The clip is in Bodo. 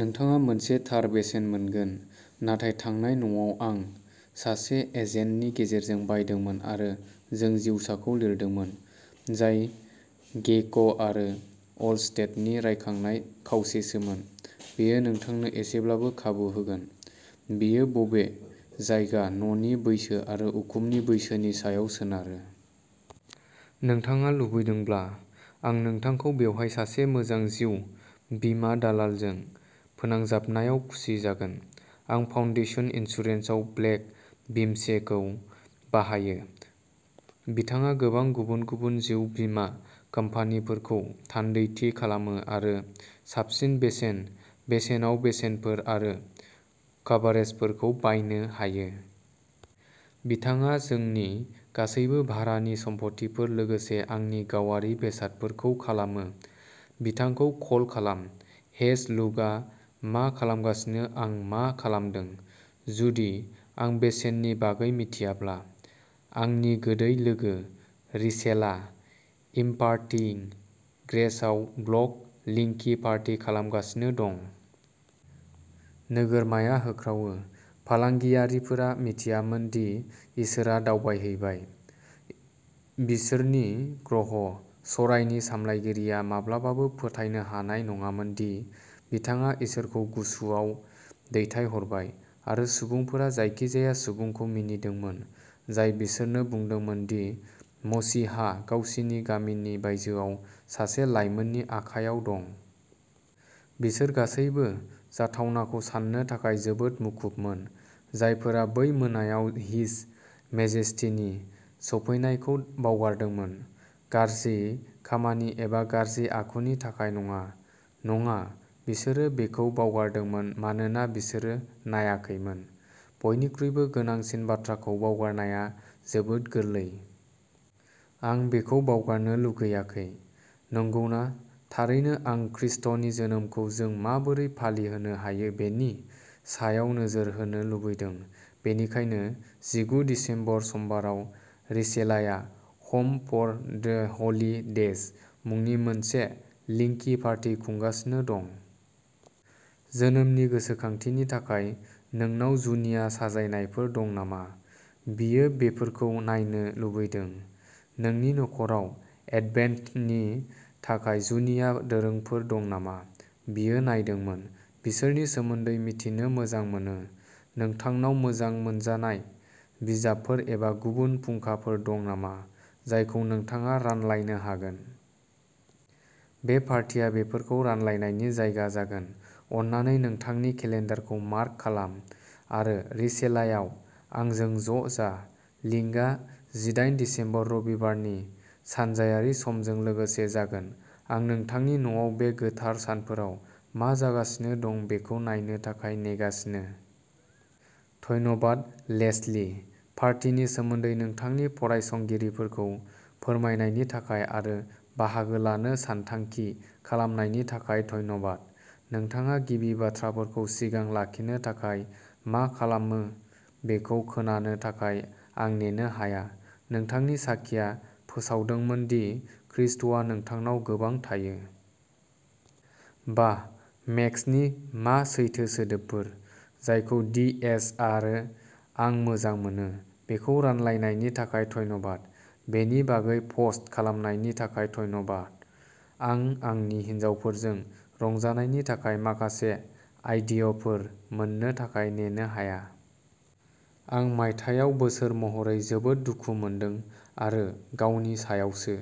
नोंथाङा मोनसे थार बेसेन मोनगोन। नाथाय थांनाय न'आव आं सासे एजेन्टनि गेजेरजों बायदोंमोन आरो जों जिउसाखौ लिरदोंमोन, जाय गेइक' आरो अलस्टेटनि रायखांनाय खावसेसोमोन। बेयो नोंथांनो एसेब्लाबो खाबु होगोन। बेयो बबे जायगा, न'नि बैसो आरो उखुमनि बैसोनि सायाव सोनारो। नोंथाङा लुबैदोंब्ला, आं नोंथांखौ बेवहाय सासे मोजां जिउ बीमा दालालजों फोनांजाबनायाव खुसि जागोन। आं फाउन्डेसन इन्सुरेन्सआव ब्लेक विम्सेखौ बाहायो। बिथाङा गोबां गुबुन-गुबुन जिउ बीमा कम्पानिफोरखौ थान्दैथि खालामो आरो साबसिन बेसेन बेसेनाव बेसेनफोर आरो कभारेजफोरखौ बायनो हायो। बिथाङा जोंनि गासैबो भारानि सम्पथिफोर लोगोसे आंनि गावारि बेसादफोरखौ खालामो। बिथांखौ कल खालाम। हेइस लुकआ मा खालामगासिनो आं मा खालामदों, जुदि आं बेसेननि बागै मिथियाब्ला। आंनि गोदै लोगो, रिचेला, इम्पार्टिं ग्रेसआव ब्लग लिंकि पार्टी खालामगासिनो दं। नोगोरमाया होख्रावो। फालांगियारिफोरा मिथियामोन दि इसोरआ दावबायहैबाय। बिसोरनि ग्रह। सरायनि सामलायगिरिया माब्लाबाबो फोथायनो हानाय नङामोन दि बिथाङा इसोरखौ गुसुआव दैथायहरबाय। आरो सुबुंफोरा जायखिजाया सुबुंखौ मिनिदोंमोन, जाय बिसोरनो बुंदोंमोन दि मसीहा गावसिनि गामिनि बायजोआव सासे लाइमोननि आखायाव दं। बिसोर गासैबो जाथावनाखौ सान्नो थाखाय जोबोद मुखुबमोन। जायफोरा बै मोनायाव हिज मेजेस्टीनि सौफैनायखौ बावगारदोंमोन, गाज्रि खामानि एबा गाज्रि आखुनि थाखाय नङा नङा, बिसोरो बेखौ बावगारदोंमोन मानोना बिसोरो नायाखैमोन। बयनिख्रुइबो गोनांसिन बाथ्राखौ बावगारनाया जोबोद गोरलै। आं बेखौ बावगारनो लुगैाखै। नंगौना? थारैनो, आं खृष्टनि जोनोमखौ जों माबोरै फालिहोनो हायो बेनि सायाव नोजोर होनो लुबैदों। बेनिखायनो जिगु दिसेम्बर, समबाराव, रिचेलाया ह'म फर द होली डेज मुंनि मोनसे लिंकि पार्टी खुंगासिनो दं। जोनोमनि गोसोखांथिनि थाखाय नोंनाव जुनिया साजायनायफोर दं नामा? बियो बेफोरखौ नायनो लुबैदों नोंनि नखराव एडभेन्टनि थाखाय जुनिया दोरोंफोर दं नामा? बियो नायदोंमोन। बिसोरनि सोमोन्दै मिथिनो मोजां मोनो। नोंथांनाव मोजां मोनजानाय बिजाबफोर एबा गुबुन फुंखाफोर दं नामा, जायखौ नोंथाङा रानलायनो हागोन? बे पार्टिआ बेफोरखौ रानलायनायनि जायगा जागोन। अन्नानै नोंथांनि केलेन्डारखौ मार्क खालाम आरो रिचेलायाव आंजों ज'जा लिंकआ जिदाइन दिसेम्बर, रबिबारनि सानजायारि समजों लोगोसे जागोन। आं नोंथांनि न'आव बे गोथार सानफोराव मा जागासिनो दं बेखौ नायनो थाखाय नेगासिनो। धन्यबाद, लेस्ली पार्टिनि सोमोन्दै नोंथांनि फरायसंगिरिफोरखौ फोरमायनायनि थाखाय आरो बाहागो लानो सानथांखि खालामनायनि थाखाय धन्यबाद नोंथाङा गिबि बाथ्राफोरखौ सिगां लाखिनो थाखाय मा खालामो बेखौ खोनानो थाखाय आं नेनो हाया नोंथांनि साखिआ फोसावदोंमोन दि खृष्टआ नोंथांनाव गोबां थायो। बाह, मेक्सनि मा सैथो सोदोबफोर, जायखौ डी एच आरो आं मोजां मोनो। बेखौ रानलायनायनि थाखाय धन्यबाद। बेनि बागै पस्ट खालामनायनि थाखाय धन्यबा। आं आंनि हिनजावफोरजों रंजानायनि थाखाय माखासे आइडियफोर मोन्नो थाखाय नेनो हाया। आं मायथाइयाव बोसोर महरै जोबोद दुखु मोनदों आरो गावनि सायावसो।